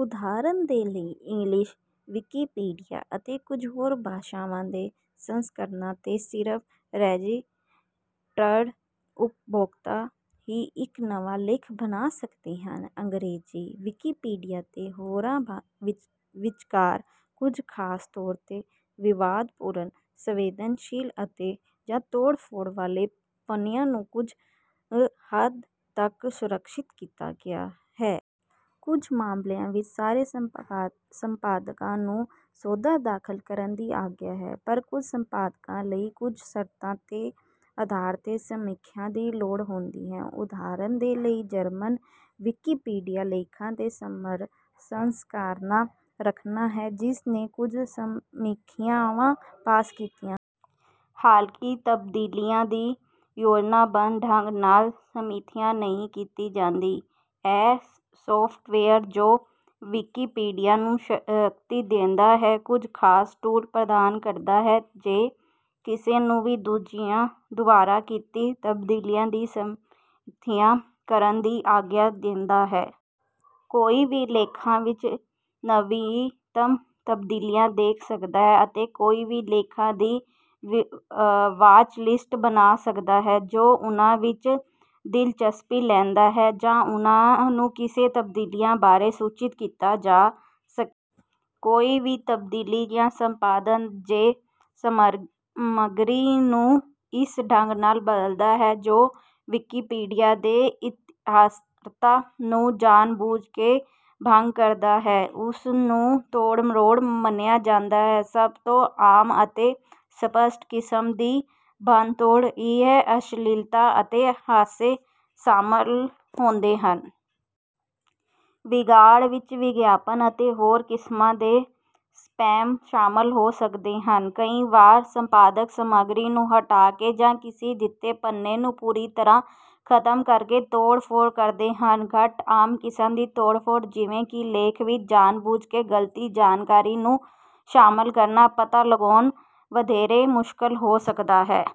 ਉਦਾਹਰਣ ਦੇ ਲਈ, ਇੰਗਲਿਸ਼ ਵਿਕੀਪੀਡੀਆ ਅਤੇ ਕੁਝ ਹੋਰ ਭਾਸ਼ਾਵਾਂ ਦੇ ਸੰਸਕਰਣਾਂ ਤੇ, ਸਿਰਫ ਰਜਿਸਟਰਡ ਉਪਭੋਗਤਾ ਹੀ ਇੱਕ ਨਵਾਂ ਲੇਖ ਬਣਾ ਸਕਦੇ ਹਨ। ਅੰਗ੍ਰੇਜ਼ੀ ਵਿਕੀਪੀਡੀਆ 'ਤੇ, ਹੋਰਾਂ ਵਿਚਕਾਰ, ਕੁਝ ਖਾਸ ਤੌਰ' ਤੇ ਵਿਵਾਦਪੂਰਨ, ਸੰਵੇਦਨਸ਼ੀਲ ਅਤੇ/ਜਾਂ ਤੋੜ-ਫੋੜ ਵਾਲੇ ਪੰਨਿਆਂ ਨੂੰ ਕੁਝ ਹੱਦ ਤਕ ਸੁਰੱਕਿਸ਼ਤ ਕੀਤਾ ਗਿਆ ਹੈ। ਕੁਝ ਮਾਮਲਿਆਂ ਵਿੱਚ, ਸਾਰੇ ਸੰਪਾਦਕਾਂ ਨੂੰ ਸੋਧਾਂ ਦਾਖਲ ਕਰਨ ਦੀ ਆਗਿਆ ਹੈ, ਪਰ ਕੁਝ ਸੰਪਾਦਕਾਂ ਲਈ ਕੁਝ ਸ਼ਰਤਾਂ ਦੇ ਅਧਾਰ ਤੇ ਸਮੀਖਿਆ ਦੀ ਲੋੜ ਹੁੰਦੀ ਹੈ। ਉਦਾਹਰਣ ਦੇ ਲਈ, ਜਰਮਨ ਵਿਕੀਪੀਡੀਆ ਲੇਖਾਂ ਦੇ "ਸਥਿਰ ਸੰਸਕਰਣਾਂ" ਰੱਖਨਾ ਹੈ, ਜਿਸ ਨੇ ਕੁਝ ਸਮੀਖਿਆਵਾਂ ਪਾਸ ਕੀਤੀਆਂ ਹਨ। ਹਾਲਾਂਕਿ ਤਬਦੀਲੀਆਂ ਦੀ ਯੋਜਨਾਬੱਧ ਢੰਗ ਨਾਲ ਸਮੀਖਿਆ ਨਹੀਂ ਕੀਤੀ ਜਾਂਦੀ, ਇਹ ਸੌਫਟਵੇਅਰ ਜੋ ਵਿਕੀਪੀਡੀਆ ਨੂੰ ਸ਼ਕਤੀ ਦਿੰਦਾ ਹੈ ਕੁਝ ਖਾਸ ਟੂਲ ਪ੍ਰਦਾਨ ਕਰਦਾ ਹੈ ਜੇ ਕਿਸੇ ਨੂੰ ਵੀ ਦੂਜਿਆਂ ਦੁਆਰਾ ਕੀਤੀ ਤਬਦੀਲੀਆਂ ਦੀ ਸਮੀਖਿਆ ਕਰਨ ਦੀ ਆਗਿਆ ਦਿੰਦਾ ਹੈ। ਕੋਈ ਵੀ ਲੇਖਾਂ ਵਿਚ ਨਵੀਨਤਮ ਤਬਦੀਲੀਆਂ ਦੇਖ ਸਕਦਾ ਹੈ, ਅਤੇ ਕੋਈ ਵੀ ਲੇਖਾਂ ਦੀ "ਵਾਚਲਿਸਟ" ਬਣਾ ਸਕਦਾ ਹੈ ਜੋ ਉਨ੍ਹਾਂ ਵਿਚ ਦਿਲਚਸਪੀ ਲੈਂਦਾ ਹੈ ਜਾਂ ਉਨ੍ਹਾਂ ਨੂੰ ਕਿਸੇ ਤਬਦੀਲੀਆਂ ਬਾਰੇ ਸੂਚਿਤ ਕੀਤਾ ਜਾ ਸਕੇ। ਕੋਈ ਵੀ ਤਬਦੀਲੀ ਜਾਂ ਸੰਪਾਦਨ ਜੇ ਸਮੱਗਰੀ ਨੂੰ ਇਸ ਢੰਗ ਨਾਲ ਬਦਲਦਾ ਹੈ ਜੋ ਵਿਕੀਪੀਡੀਆ ਦੀ ਇਕਸਾਰਤਾ ਨੂੰ ਜਾਣਬੁੱਝ ਕੇ ਭੰਗ ਕਰਦਾ ਹੈ, ਉਸ ਨੂੰ ਤੋੜ-ਮਰੋੜ ਮੰਨਿਆ ਜਾਂਦਾ ਹੈ। ਸਭ ਤੋਂ ਆਮ ਅਤੇ ਸਪੱਸ਼ਟ ਕਿਸਮ ਦੀ ਭੰਨਤੋੜ ਵਿਚ ਅਸ਼ਲੀਲਤਾ ਅਤੇ ਹਾਸੇ ਸ਼ਾਮਲ ਹੁੰਦੇ ਹਨ। ਵਿਗਾੜ ਵਿੱਚ ਵਿਗਿਆਪਨ ਅਤੇ ਹੋਰ ਕਿਸਮਾਂ ਦੇ ਸਪੈਮ ਸ਼ਾਮਲ ਹੋ ਸਕਦੇ ਹਨ। ਕਈ ਵਾਰ ਸੰਪਾਦਕ ਸਮਗਰੀ ਨੂੰ ਹਟਾ ਕੇ ਜਾਂ ਕਿਸੇ ਦਿੱਤੇ ਪੰਨੇ ਨੂੰ ਪੂਰੀ ਤਰ੍ਹਾਂ ਖਤਮ ਕਰਕੇ ਤੋੜ-ਫੋੜ ਕਰਦੇ ਹਨ। ਘੱਟ ਆਮ ਕਿਸਮ ਦੀ ਤੋੜ-ਫੋੜ, ਜਿਵੇਂ ਕਿ ਲੇਖ ਵਿਚ ਜਾਣਬੁੱਝ ਕੇ ਗਲਤੀ ਜਾਣਕਾਰੀ ਨੂੰ ਸ਼ਾਮਲ ਕਰਨਾ, ਪਤਾ ਲਗਾਉਣਾ ਵਧੇਰੇ ਮੁਸ਼ਕਲ ਹੋ ਸਕਦਾ ਹੈ।